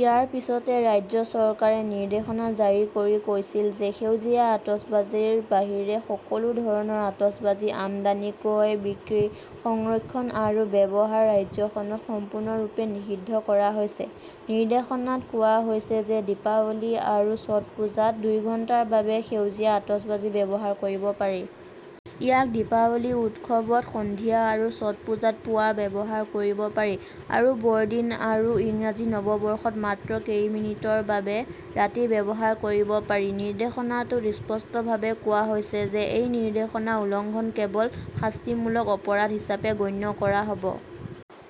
ইয়াৰ পিছতে ৰাজ্য চৰকাৰে নিৰ্দেশনা জাৰি কৰি কৈছিল যে সেউজীয়া আতচবাজীৰ বাহিৰে সকলো ধৰণৰ আতচবাজী আমদানি, ক্ৰয়, বিক্ৰী, সংৰক্ষণ আৰু ব্যৱহাৰ ৰাজ্যখনত সম্পূৰ্ণৰূপে নিষিদ্ধ কৰা হৈছে। নিৰ্দেশনাত কোৱা হৈছে যে দীপাৱলী আৰু ছট পূজাত দুই ঘণ্টাৰ বাবে সেউজীয়া আতচবাজী ব্যৱহাৰ কৰিব পাৰি। ইয়াক দীপাৱলী উৎসৱত সন্ধিয়া আৰু ছট পূজাত পুৱা ব্যৱহাৰ কৰিব পাৰি। আৰু বৰদিন আৰু ইংৰাজী নৱবৰ্ষত মাত্ৰ কেইমিনিটৰ বাবে ৰাতি‌ ব্যৱহাৰ কৰিব পাৰি। নিৰ্দেশনাটোত স্পষ্টভাৱে কোৱা হৈছে যে এই নিৰ্দেশনা উলংঘন কেৱল শাস্তিমূলক অপৰাধ হিচাপে গণ্য কৰা হ 'ব।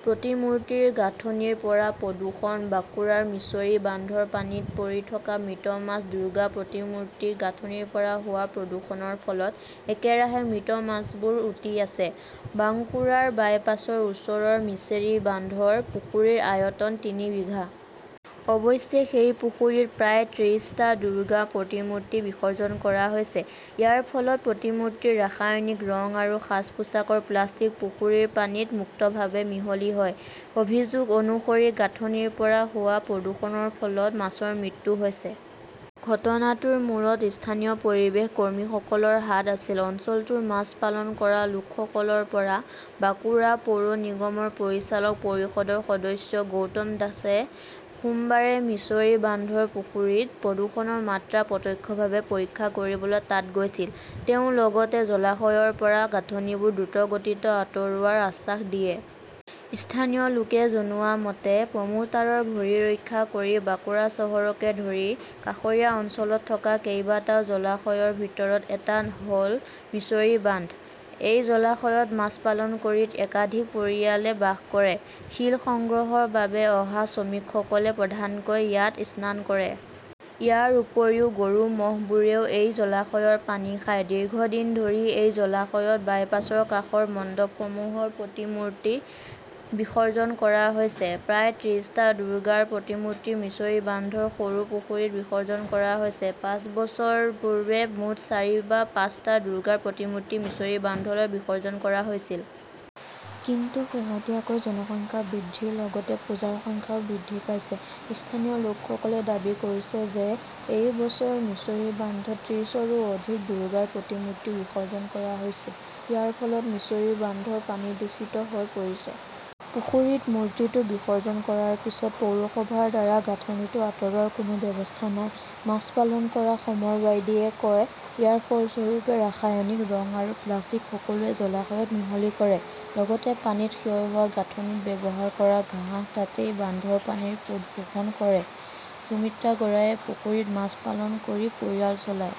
প্ৰতিমূৰ্তিৰ গাঁথনিৰ পৰা প্ৰদূষণ, বাঁকুৰাৰ মিছৰী বান্ধৰ পানীত পৰি থকা মৃত মাছ দুৰ্গা প্ৰতিমূৰ্তিৰ গাঁথনিৰ পৰা হোৱা প্ৰদূষণৰ ফলত একেৰাহে মৃত মাছবোৰ উটি আছে। বাঙ্কুৰাৰ বাইপাছৰ ওচৰৰ মিছেৰী বান্ধৰ পুখুৰীৰ আয়তন তিনি বিঘা। অৱশ্যে, সেই পুখুৰীত প্ৰায় ত্ৰিশটা দুৰ্গা প্ৰতিমূৰ্তি বিসৰ্জন কৰা হৈছে। ইয়াৰ ফলত প্ৰতিমূৰ্তিৰ ৰাসায়নিক ৰং আৰু সাজ-পোছাকৰ প্লাষ্টিক পুখুৰীৰ পানীত মুক্তভাৱে মিহলি হয়। অভিযোগ অনুসৰি গাঁথনিৰ পৰা হোৱা প্ৰদূষণৰ ফলত মাছৰ মৃত্যু হৈছে। ঘটনাটোৰ মূৰত স্থানীয় পৰিৱেশ কৰ্মীসকলৰ হাত আছিল, অঞ্চলটোৰ মাছ পালন কৰা লোকসকলৰ পৰা। বাঁকুৰা পৌৰ নিগমৰ পৰিচালক পৰিষদৰ সদস্য গৌতম দাসে সোমবাৰে মিছৰী বান্ধৰ পুখুৰীত প্ৰদূষণৰ মাত্ৰা প্ৰত্যক্ষভাৱে পৰীক্ষা কৰিবলৈ তাত গৈছিল। তেওঁ লগতে জলাশয়ৰ পৰা গাঁথনিবোৰ দ্ৰুতগতিত আঁতৰোৱাৰ আশ্বাস দিয়ে। স্থানীয় লোকে জনোৱা মতে, প্ৰমোটাৰৰ ভৰি ৰক্ষা কৰি বাঁকুৰা চহৰকে ধৰি কাষৰীয়া অঞ্চলত থকা কেইবাটাও জলাশয়ৰ ভিতৰত এটা হ'ল মিছৰী বান্ধ। এই জলাশয়ত মাছ পালন কৰি একাধিক পৰিয়ালে বাস কৰে। শিল সংগ্ৰহৰ বাবে অহা শ্ৰমিকসকলে প্ৰধানকৈ ইয়াত স্নান কৰে। ইয়াৰ উপৰিও, গৰু-ম'হবোৰেও এই জলাশয়ৰ পানী খায়। দীৰ্ঘদিন ধৰি এই জলাশয়ত বাইপাছৰ কাষৰ মণ্ডপসমূহৰ প্ৰতিমূৰ্তি বিসৰ্জন কৰা হৈছে। প্ৰায় ত্ৰিশটা দুৰ্গাৰ প্ৰতিমূৰ্তি মিছৰী বান্ধৰ সৰু পুখুৰীত বিসৰ্জন কৰা হৈছে। পাঁচ বছৰ পূৰ্বে মুঠ চাৰি বা পাঁচটা দুৰ্গাৰ প্ৰতিমূৰ্তি মিছৰী বান্ধলৈ বিসৰ্জন কৰা হৈছিল। কিন্তু শেহতীয়াকৈ জনসংখ্যা বৃদ্ধিৰ লগতে পূজাৰ সংখ্যাও বৃদ্ধি পাইছে। স্থানীয় লোকসকলে দাবী কৰিছে যে এই বছৰ মিছৰী বান্ধত ত্ৰিশৰো অধিক দুৰ্গাৰ প্ৰতিমূৰ্তি বিসৰ্জন কৰা হৈছে। ইয়াৰ ফলত মিছৰী বান্ধৰ পানী দূষিত হৈ পৰিছে। পুখুৰীত মূৰ্তিটো বিসৰ্জন কৰাৰ পিছত পৌৰসভাৰ দ্বাৰা গাঁথনিটো আঁতৰোৱাৰ কোনো ব্যৱস্থা নাই, মাছ পালন কৰা সমৰ বাউদীয়ে কয়। ইয়াৰ ফলস্বৰূপে, ৰাসায়নিক ৰং আৰু প্লাষ্টিক সকলোৱে জলাশয়ত মিহলি কৰে। লগতে পানীত ক্ষয় হোৱা গাঁথনিত ব্যৱহাৰ কৰা ঘাঁহ তাতেই বান্ধৰ পানীৰ প্ৰদূষণ কৰে। সুমিত্ৰা গড়াইয়ে পুখুৰীত মাছ পালন কৰি পৰিয়াল চলায়।